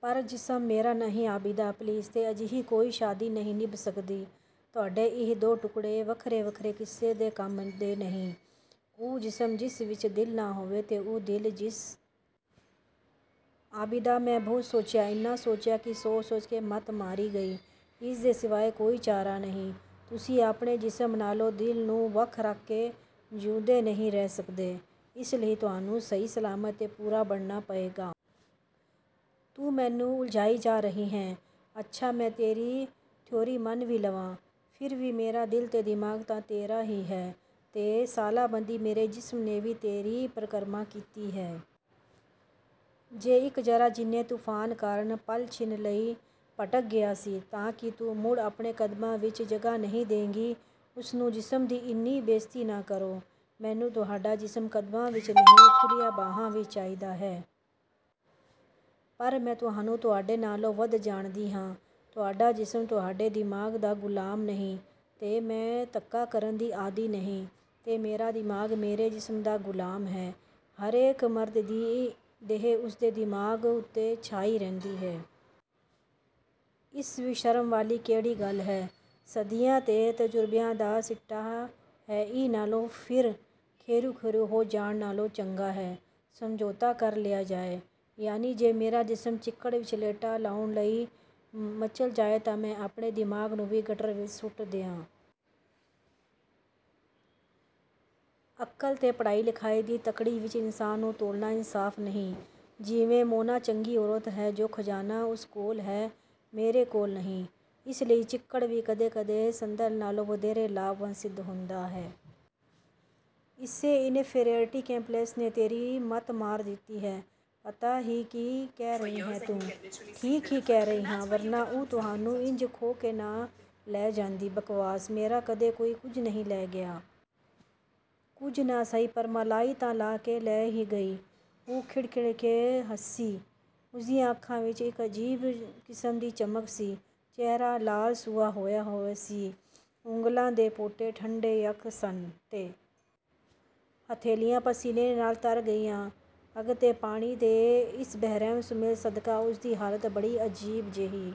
"ਪਰ ਜਿਸਮ ਮੇਰਾ ਨਹੀਂ।" "ਆਬਿਦਾ! ਪਲੀਜ਼!" "ਤੇ ਅਜਿਹੀ ਕੋਈ ਸ਼ਾਦੀ ਨਹੀਂ ਨਿਭ ਸਕਦੀ। ਤੁਹਾਡੇ ਇਹ ਦੋ ਟੁੱਕੜੇ, ਵੱਖਰੇ-ਵੱਖਰੇ ਕਿਸੇ ਦੇ ਕੰਮ ਦੇ ਨਹੀਂ, ਉਹ ਜਿਸਮ, ਜਿਸ ਵਿੱਚ ਦਿਲ ਨਾ ਹੋਵੇ ਤੇ ਉਹ ਦਿਲ, ਜਿਸ।" "ਆਬਿਦਾ!" "ਮੈਂ ਬਹੁਤ ਸੋਚਿਆ, ਇੰਨਾ ਸੋਚਿਆ ਕਿ ਸੋਚ-ਸੋਚ ਕੇ ਮੱਤ ਮਾਰੀ ਗਈ। ਇਸ ਦੇ ਸਿਵਾਏ ਕੋਈ ਚਾਰਾ ਨਹੀਂ। ਤੁਸੀਂ ਆਪਣੇ ਜਿਸਮ ਨਾਲੋਂ ਦਿਲ ਨੂੰ ਵੱਖ ਰੱਖ ਕੇ ਜਿਊਂਦੇ ਨਹੀਂ ਰਹਿ ਸਕਦੇ। ਇਸ ਲਈ ਤੁਹਾਨੂੰ ਸਹੀ-ਸਲਾਮਤ ਤੇ ਪੂਰਾ ਬਣਨਾ ਪਏਗਾ।" "ਤੂੰ ਮੈਨੂੰ ਉਲਝਾਈ ਜਾ ਰਹੀ ਹੈਂ। ਅੱਛਾ, ਮੈਂ ਤੇਰੀ ਥਿਊਰੀ ਮੰਨ ਵੀ ਲਵਾਂ, ਫਿਰ ਵੀ ਮੇਰਾ ਦਿਲ ਤੇ ਦਿਮਾਗ਼ ਤਾਂ ਤੇਰਾ ਹੀ ਹੈ, ਤੇ ਸਾਲਾਂਬੱਧੀ ਮੇਰੇ ਜਿਸਮ ਨੇ ਵੀ ਤੇਰੀ ਪਰਕਰਮਾ ਕੀਤੀ ਹੈ। ਜੇ ਇੱਕ ਜ਼ਰਾ ਜਿੰਨੇ ਤੂਫ਼ਾਨ ਕਾਰਨ ਪਲ-ਛਿਨ ਲਈ ਭਟਕ ਗਿਆ ਸੀ, ਤਾਂ ਕੀ ਤੂੰ ਮੁੜ ਆਪਣੇ ਕਦਮਾਂ ਵਿੱਚ ਜਗ੍ਹਾ ਨਹੀਂ ਦੇਂਗੀ, ਉਸਨੂੰ?" "ਜਿਸਮ ਦੀ ਇੰਨੀ ਬੇਇੱਜਤੀ ਨਾ ਕਰੋ। ਮੈਨੂੰ ਤੁਹਾਡਾ ਜਿਸਮ ਕਦਮਾਂ ਵਿੱਚ ਨਹੀਂ, ਖੁੱਲ੍ਹੀਆਂ ਬਾਹਾਂ ਵਿੱਚ ਚਾਹੀਦਾ ਹੈ। ਪਰ ਮੈਂ ਤੁਹਾਨੂੰ, ਤੁਹਾਡੇ ਨਾਲੋਂ ਵੱਧ ਜਾਣਦੀ ਹਾਂ। ਤੁਹਾਡਾ ਜਿਸਮ, ਤੁਹਾਡੇ ਦਿਮਾਗ਼ ਦਾ ਗ਼ੁਲਾਮ ਨਹੀਂ, ਤੇ ਮੈਂ ਧੱਕਾ ਕਰਨ ਦੀ ਆਦੀ ਨਹੀਂ।" "ਤੇ ਮੇਰਾ ਦਿਮਾਗ਼ ਮੇਰੇ ਜਿਸਮ ਦਾ ਗ਼ੁਲਾਮ ਹੈ।" "ਹਰੇਕ ਮਰਦ ਦੀ ਦੇਹ, ਉਸਦੇ ਦਿਮਾਗ਼ ਉੱਤੇ ਛਾਈ ਰਹਿੰਦੀ ਹੈ। ਇਸ ਵਿੱਚ ਸ਼ਰਮ ਵਾਲੀ ਕਿਹੜੀ ਗੱਲ ਹੈ? ਸਦੀਆਂ ਦੇ ਤਜ਼ੁਰਬਿਆਂ ਦਾ ਸਿੱਟਾ ਹੈ ਇਹ, ਨਾਲੇ ਫਿਰ ਖੇਰੂ-ਖੇਰੂ ਹੋ ਜਾਣ ਨਾਲੋਂ ਚੰਗਾ ਹੈ, ਸਮਝੌਤਾ ਕਰ ਲਿਆ ਜਾਏ।" "ਯਾਨੀ ਜੇ ਮੇਰਾ ਜਿਸਮ ਚਿੱਕੜ ਵਿੱਚ ਲੇਟਾ ਲਾਉਣ ਲਈ ਮਚਲ ਜਾਏ ਤਾਂ ਮੈਂ ਆਪਣੇ ਦਿਮਾਗ਼ ਨੂੰ ਵੀ ਗਟਰ ਵਿੱਚ ਸੁੱਟ ਦਿਆਂ।" "ਅਕਲ ਤੇ ਪੜ੍ਹਾਈ-ਲਿਖਾਈ ਦੀ ਤੱਕੜੀ ਵਿੱਚ ਇਨਸਾਨ ਨੂੰ ਤੋਲਨਾ ਇਨਸਾਫ਼ ਨਹੀਂ ਜਿਵੇਂ ਮੋਨਾ ਚੰਗੀ ਔਰਤ ਹੈ ਜੋ ਖਜ਼ਾਨਾ ਉਸ ਕੋਲ ਹੈ, ਮੇਰੇ ਕੋਲ ਨਹੀਂ। ਇਸ ਲਈ ਚਿੱਕੜ ਵੀ ਕਦੇ-ਕਦੇ ਸੰਦਲ ਨਾਲੋਂ ਵਧੇਰੇ ਲਾਭਵੰਤ ਸਿੱਧ ਹੁੰਦਾ ਹੈ।" "ਇਸੇ ਇਨਫੀਰੀਅਰਿਟੀ ਕੰਪਲੈਕਸ ਨੇ ਤੇਰੀ ਮੱਤ ਮਾਰ ਦਿੱਤੀ ਹੈ, ਪਤਾ ਹੀ ਕੀ ਕਹਿ ਰਹੀ ਹੈਂ ਤੂੰ?" "ਠੀਕ ਹੀ ਕਹਿ ਰਹੀ ਹਾਂ, ਵਰਨਾ ਉਹ ਤੁਹਾਨੂੰ ਇੰਜ ਖੋਹ ਕੇ ਨਾ ਲੈ ਜਾਂਦੀ।" "ਬਕਵਾਸ! ਮੇਰਾ ਕਦੇ ਕੋਈ ਕੁਝ ਨਹੀਂ ਲੈ ਗਿਆ।" "ਕੁਝ ਨਾ ਸਹੀ, ਪਰ ਮਲਾਈ ਤਾਂ ਲਾਹ ਕੇ ਲੈ ਹੀ ਗਈ।" ਉਹ ਖਿੜ-ਖਿੜ ਕੇ ਹੱਸੀ। ਉਸਦੀਆਂ ਅੱਖਾਂ ਵਿੱਚ ਇੱਕ ਅਜੀਬ ਕਿਸਮ ਦੀ ਚਮਕ ਸੀ। ਚਿਹਰਾ ਲਾਲ-ਸੂਹਾ ਹੋਇਆ-ਹੋਇਆ ਸੀ। ਉਂਗਲਾਂ ਦੇ ਪੋਟੇ ਠੰਡੇ-ਯੱਖ ਸਨ ਤੇ ਹਥੇਲੀਆਂ ਪਸੀਨੇ ਨਾਲ ਤਰ ਗਈਆਂ ਅੱਗ ਤੇ ਪਾਣੀ ਦੇ ਇਸ ਬੇਰਹਿਮ ਸੁਮੇਲ ਸਦਕਾ ਉਸਦੀ ਹਾਲਤ ਬੜੀ ਅਜੀਬ ਜਿਹੀ